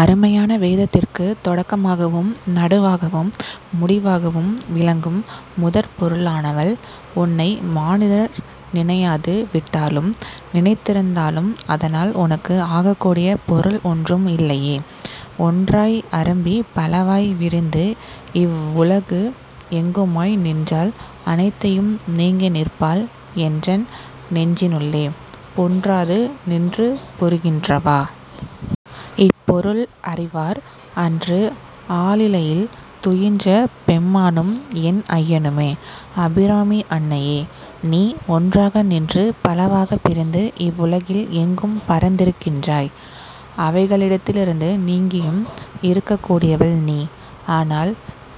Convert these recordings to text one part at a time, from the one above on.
அருமையான வேதத்திற்கு தொடக்கமாகவும் நடுவாகவும் முடிவாகவும் விளங்கும் முதற் பொருளானவள்! உன்னை மானிடர் நினையாது விட்டாலும், நினைத்திருந்தாலும் அதனால் உனக்கு ஆகக்கூடிய பொருள் ஒன்றும் இல்லையே! ஒன்றாய் அரும்பி பலவாய் விரிந்து இவ் உலகு எங்குமாய் நின்றாள் அனைத்தையும் நீங்கி நிற்பாள் என்றன் நெஞ்சினுள்ளே பொன்றாது நின்று புரிகின்றவா. இப் பொருள் அறிவார் அன்று ஆலிலையில் துயின்ற பெம்மானும் என் ஐயனுமே. அபிராமி அன்னையே! நீ ஒன்றாக நின்று பலவாகப் பிரிந்து இவ்வுலகில் எங்கும் பரந்திருக்கின்றாய். அவைகளிடத்திலிருந்து நீங்கியும், இருக்கக் கூடியவள் நீ! ஆனால்,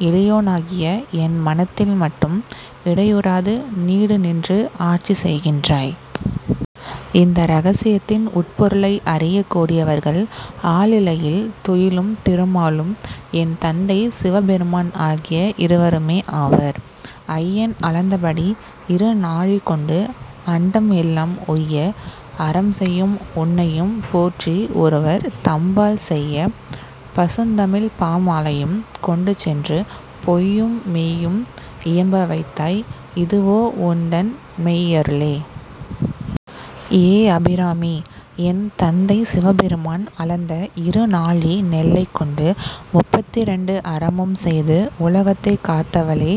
எளியோனாகிய என் மனத்தில் மட்டும் இடையுறாது நீடு நின்று ஆட்சி செய்கின்றாய். இந்த இரகசியத்தின் உட்பொருளை அறியக் கூடியவர்கள் ஆலிலையில் துயிலும் திருமாலும் என் தந்தை சிவபெருமான் ஆகிய இருவருமே ஆவர். ஐயன் அளந்தபடி இரு நாழி கொண்டு அண்டம் எல்லாம் உய்ய அறம் செயும் உன்னையும் போற்றி ஒருவர் தம்பால் செய்ய பசுந்தமிழ்ப்பாமாலையும் கொண்டு சென்று பொய்யும் மெய்யும் இயம்பவைத்தாய் இதுவோ உன்தன் மெய்யருளே? ஏ அபிராமி! என் தந்தை சிவபெருமான் அளந்த இரு நாழி நெல்லைக் கொண்டு முப்பத்திரண்டு அறமும் செய்து உலகத்தைக் காத்தவளே!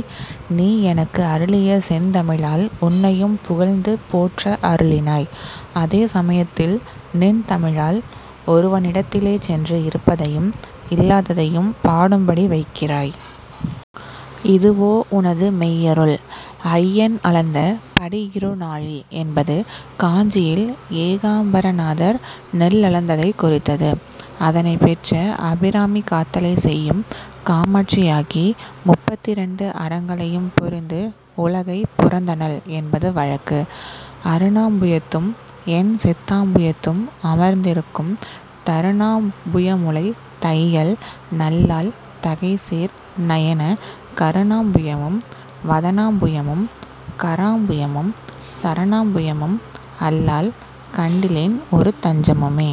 நீ எனக்கு அருளிய செந்தமிழால் உன்னையும் புகழ்ந்து போற்ற அருளினாய்! அதே சமயத்தில் நின் தமிழால் ஒருவனிடத்திலே சென்று இருப்பதையும் இல்லாததையும் பாடும்படி வைக்கிறாய்! இதுவோ உனது மெய்யருள்?. ஐயன் அளந்த படியிருநாழி என்பது காஞ்சியில் ஏகாம்பரநாதர் நெல்லளந்ததைக் குறித்தது. அதனைப் பெற்ற அபிராமி காத்தலைச் செய்யும் காமாட்சியாகி முப்பத்திரெண்டு அறங்களையும் புரிந்து உலகைப் புரந்தனள் என்பது வழக்கு. அருணாம்புயத்தும் என் சித்தாம்புயத்தும் அமர்ந்திருக்கும் தருணாம்புயமுலைத் தையல் நல்லாள் தகை சேர் நயனக் கருணாம்புயமும் வதனாம்புயமும் கராம்புயமும் சரணாம்புயமும் அல்லால் கண்டிலேன் ஒரு தஞ்சமுமே.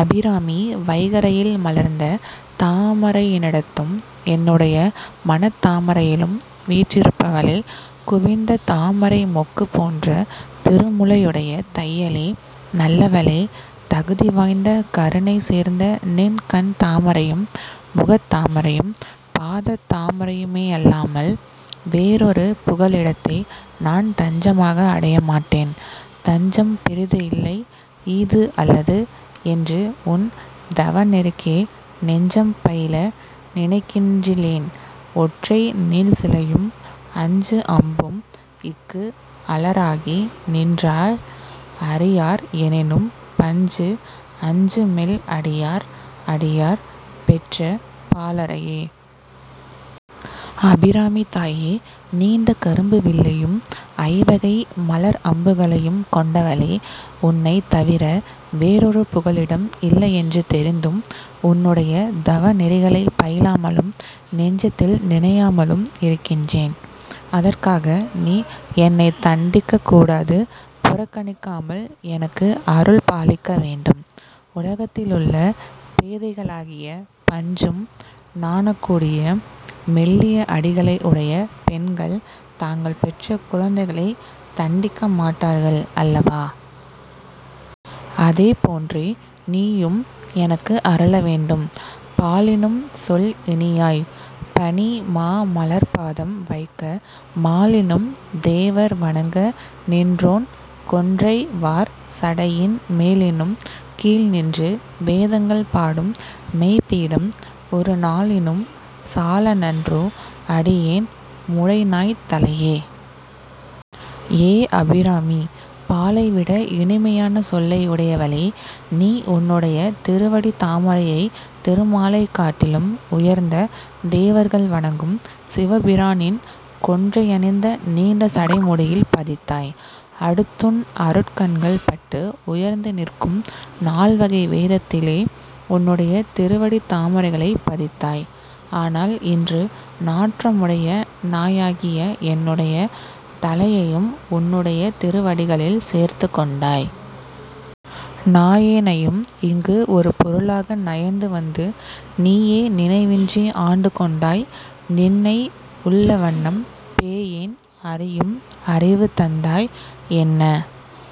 அபிராமி! வைகறையில் மலர்ந்த தாமரையினிடத்தும் என்னுடைய மனத்தாமரையிலும் வீற்றிருப்பவளே! குவிந்த தாமரை மொக்குப் போன்ற திருமுலையுடைய தையலே! நல்லவளே! தகுதி வாய்ந்த கருணை சேர்ந்த நின் கண் தாமரையும், முகத்தாமரையும், பாதத் தாமரையுமேயல்லாமல் வேறொரு புகலிடத்தை நான் தஞ்சமாக அடைய மாட்டேன். தஞ்சம் பிறிது இல்லை ஈது அல்லது என்று உன் தவநெறிக்கே நெஞ்சம் பயில நினைக்கின்றிலேன் ஒற்றை நீள்சிலையும் அஞ்சு அம்பும் இக்கு அலராகி நின்றாய் அறியார் எனினும் பஞ்சு அஞ்சு மெல் அடியார் அடியார் பெற்ற பாலரையே. அபிராமித் தாயே! நீண்ட கரும்பு வில்லையும் ஐவகை மலர் அம்புகளையும் கொண்டவளே! உன்னைத் தவிர வேறொரு புகலிடம் இல்லையென்று தெரிந்தும் உன்னுடைய தவநெறிகளைப் பயிலாமலும் நெஞ்சத்தில் நினையாமலும் இருக்கின்றேன். அதற்காக நீ என்னைத் தண்டிக்கக் கூடாது. புறக்கணிக்காமல் எனக்கு அருள் பாலிக்க வேண்டும். உலகத்திலுள்ள பேதைகளாகிய பஞ்சும் நாணக்கூடிய மெல்லிய அடிகளை உடைய பெண்கள் தாங்கள் பெற்ற குழந்தைகளைத் தண்டிக்க மாட்டார்கள் அல்லவா? அதே போன்றே நீயும் எனக்கு அருள வேண்டும். பாலினும் சொல் இனியாய். பனி மா மலர்ப் பாதம் வைக்க மாலினும் தேவர் வணங்க நின்றோன் கொன்றை வார் சடையின் மேலினும் கீழ்நின்று வேதங்கள் பாடும் மெய்ப் பீடம் ஒரு நாலினும் சால நன்றோ அடியேன் முடை நாய்த் தலையே? ஏ அபிராமி! பாலைவிட இனிமையான சொல்லை உடையவளே! நீ உன்னுடைய திருவடித் தாமரையை திருமாலைக் காட்டிலும் உயர்ந்த தேவர்கள் வணங்கும் சிவபிரானின் கொன்றையனிந்த நீண்ட சடைமுடியில் பதித்தாய். அடுத்துன் அருட்கண்கள் பட்டு உயர்ந்து நிற்கும் நால்வகை வேதத்திலே உன்னுடைய திருவடித் தாமரைகளைப் பதித்தாய். ஆனால் இன்று நாற்றமுடைய நாயாகிய என்னுடைய தலையையும் உன்னுடைய திருவடிகளில் சேர்த்துக் கொண்டாய். நாயேனையும் இங்கு ஒரு பொருளாக நயந்து வந்து நீயே நினைவின்றி ஆண்டு கொண்டாய் நின்னை உள்ளவண்ணம் பேயேன் அறியும் அறிவு தந்தாய் என்ன